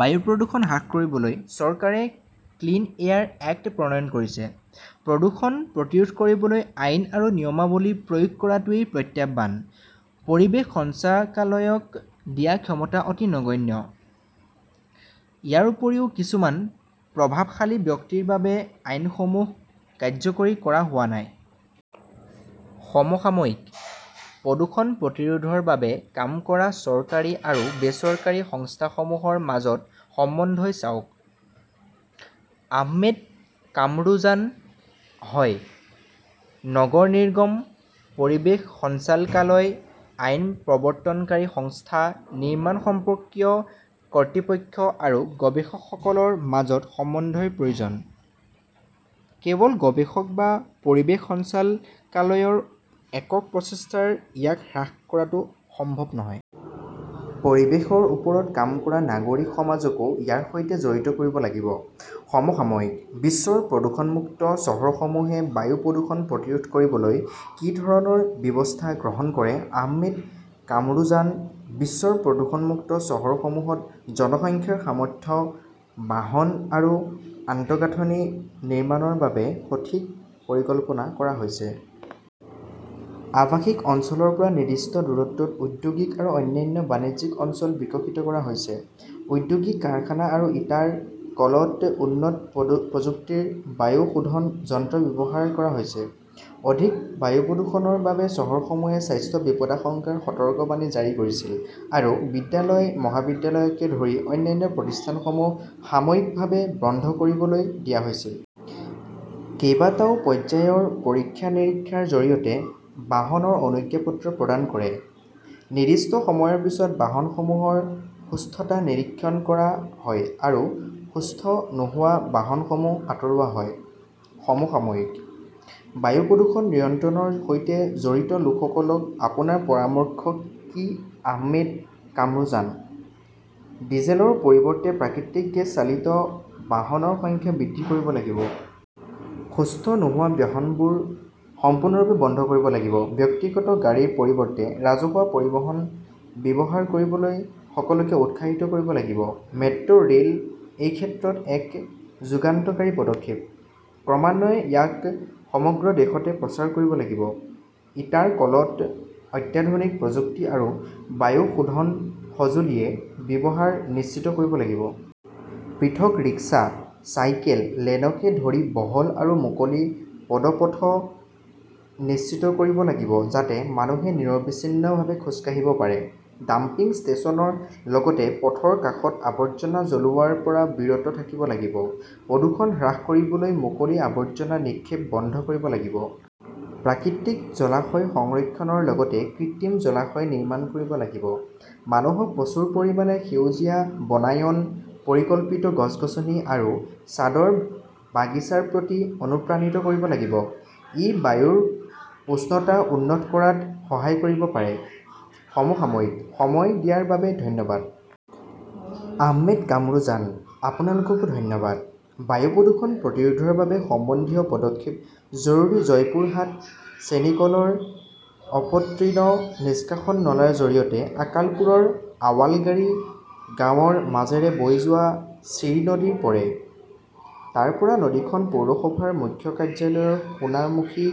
বায়ু প্ৰদূষণ হ্ৰাস কৰিবলৈ চৰকাৰে 'ক্লিন এয়াৰ এক্ট প্ৰণয়ন কৰিছে। প্ৰদূষণ প্ৰতিৰোধ কৰিবলৈ আইন আৰু নিয়মাৱলী প্ৰয়োগ কৰাটোৱেই প্ৰত্যাহ্বান। পৰিৱেশ সঞ্চাকালয়ক দিয়া ক্ষমতা অতি নগণ্য। ইয়াৰ উপৰিও কিছুমান প্ৰভাৱশালী ব্যক্তিৰ বাবে আইনসমূহ কাৰ্যকৰী কৰা হোৱা নাই। সমসাময়িকঃ প্ৰদূষণ প্ৰতিৰোধৰ বাবে কাম কৰা চৰকাৰী আৰু বেচৰকাৰী সংস্থাসমূহৰ মাজত সমন্বয় চাওক? আহমেদ কামৰুজানঃ হয়। নগৰ নিগম, পৰিৱেশ সঞ্চালকালয়, আইন প্ৰৱৰ্তনকাৰী সংস্থা, নিৰ্মাণ সম্পৰ্কীয় কৰ্তৃপক্ষ আৰু গৱেষকসকলৰ মাজত সমন্বয়ৰ প্ৰয়োজন। কেৱল গৱেষক বা পৰিৱেশ সঞ্চালকালয়ৰ একক প্ৰচেষ্টাৰ ইয়াক হ্ৰাস কৰাটো সম্ভৱ নহয়। পৰিৱেশৰ ওপৰত কাম কৰা নাগৰিক সমাজকো ইয়াৰ সৈতে জড়িত কৰিব লাগিব। সমসাময়িকঃ বিশ্বৰ প্ৰদূষণমুক্ত চহৰসমূহে বায়ু প্ৰদূষণ প্ৰতিৰোধ কৰিবলৈ কি ধৰণৰ ব্যৱস্থা গ্ৰহণ কৰে আহমেদ কামৰুজানঃ বিশ্বৰ প্ৰদূষণমুক্ত চহৰসমূহত জনসংখ্যাৰ সামৰ্থ্য, বাহন আৰু আন্তঃগাঁথনি নিৰ্মাণৰ বাবে সঠিক পৰিকল্পনা কৰা হৈছে। আৱাসিক অঞ্চলৰ পৰা নিৰ্দিষ্ট দূৰত্বত ঔদ্যোগিক আৰু অন্যান্য বাণিজ্যিক অঞ্চল বিকশিত কৰা হৈছে। ঔদ্যোগিক কাৰখানা আৰু ইটাৰ কলত উন্নত প্ৰ প্ৰযুক্তিৰ বায়ু শোধন যন্ত্ৰ ব্যৱহাৰ কৰা হৈছে। অধিক বায়ু প্ৰদূষণৰ বাবে চহৰসমূহে স্বাস্থ্য বিপদাশংকাৰ সতৰ্কবাণী জাৰি কৰিছিল আৰু বিদ্যালয়-মহাবিদ্যালয়কে ধৰি অন্যান্য প্ৰতিষ্ঠানসমূহ সাময়িকভাৱে বন্ধ কৰিবলৈ দিয়া হৈছিল। কেইবাটাও পৰ্যায়ৰ পৰীক্ষা-নিৰীক্ষাৰ জৰিয়তে বাহনৰ অনুজ্ঞাপত্ৰ প্ৰদান কৰে। নিৰ্দিষ্ট সময়ৰ পিছত বাহনসমূহৰ সুস্থতা নিৰীক্ষণ কৰা হয় আৰু সুস্থ নোহোৱা বাহনসমূহ আঁতৰোৱা হয়। সমসাময়িকঃ বায়ু প্ৰদূষণ নিয়ন্ত্ৰণৰ সৈতে জড়িত লোকসকলক আপোনাৰ পৰামৰ্শ কি আহমেদ কামৰুজানঃ ডিজেলৰ পৰিৱৰ্তে প্ৰাকৃতিক গেছ চালিত বাহনৰ সংখ্যা বৃদ্ধি কৰিব লাগিব। সুস্থ নোহোৱা বাহনবোৰ সম্পূৰ্ণৰূপে বন্ধ কৰিব লাগিব। ব্যক্তিগত গাড়ীৰ পৰিৱৰ্তে ৰাজহুৱা পৰিবহণ ব্যৱহাৰ কৰিবলৈ সকলোকে উৎসাহিত কৰিব লাগিব। মেট্ৰ ৰেল এই ক্ষেত্ৰত এক যুগান্তকাৰী পদক্ষেপ। ক্ৰমান্বয়ে ইয়াক সমগ্ৰ দেশতে প্ৰচাৰ কৰিব লাগিব। ইটাৰ কলত অত্যাধুনিক প্ৰযুক্তি আৰু বায়ু শোধন সঁজুলিৰ ব্যৱহাৰ নিশ্চিত কৰিব লাগিব। পৃথক ৰিক্সা, চাইকেল লেনকে ধৰি বহল আৰু মুকলি পদপথ নিশ্চিত কৰিব লাগিব যাতে মানুহে নিৰবিচ্ছিন্নভাৱে খোজ কাঢ়িব পাৰে। ডাম্পিং ষ্টেচনৰ লগতে পথৰ কাষত আৱৰ্জনা জ্বলোৱাৰ পৰা বিৰত থাকিব লাগিব। প্ৰদূষণ হ্ৰাস কৰিবলৈ মুকলি আৱৰ্জনা নিক্ষেপ বন্ধ কৰিব লাগিব। প্ৰাকৃতিক জলাশয় সংৰক্ষণৰ লগতে কৃত্ৰিম জলাশয় নিৰ্মাণ কৰিব লাগিব। মানুহক প্ৰচুৰ পৰিমাণে সেউজীয়া বনায়ন, পৰিকল্পিত গছ-গছনি আৰু ছাদৰ বাগিচাৰ প্ৰতি অনুপ্ৰাণিত কৰিব লাগিব। ই বায়ুৰ উষ্ণতা উন্নত কৰাত সহায় কৰিব পাৰে। সমসাময়িকঃ সময় দিয়াৰ বাবে ধন্যবাদ। আহমেদ কামৰুজানঃ আপোনালোককো ধন্যবাদ। বায়ু প্ৰদূষণ প্ৰতিৰোধৰ বাবে সমন্বিত পদক্ষেপ জৰুৰী জয়পুৰহাট চেনি কলৰ অপতৃণ নিষ্কাশন নলাৰ জৰিয়তে আক্কালপুৰৰ আৱালগাড়ী গাঁৱৰ মাজেৰে বৈ যোৱা চিৰি নদীত পৰে। তাৰ পৰা নদীখন পৌৰসভাৰ মুখ্য কাৰ্যালয়ৰ সোনামুখী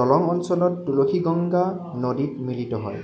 দলং অঞ্চলত তুলসীগঙ্গা নদীত মিলিত হয়।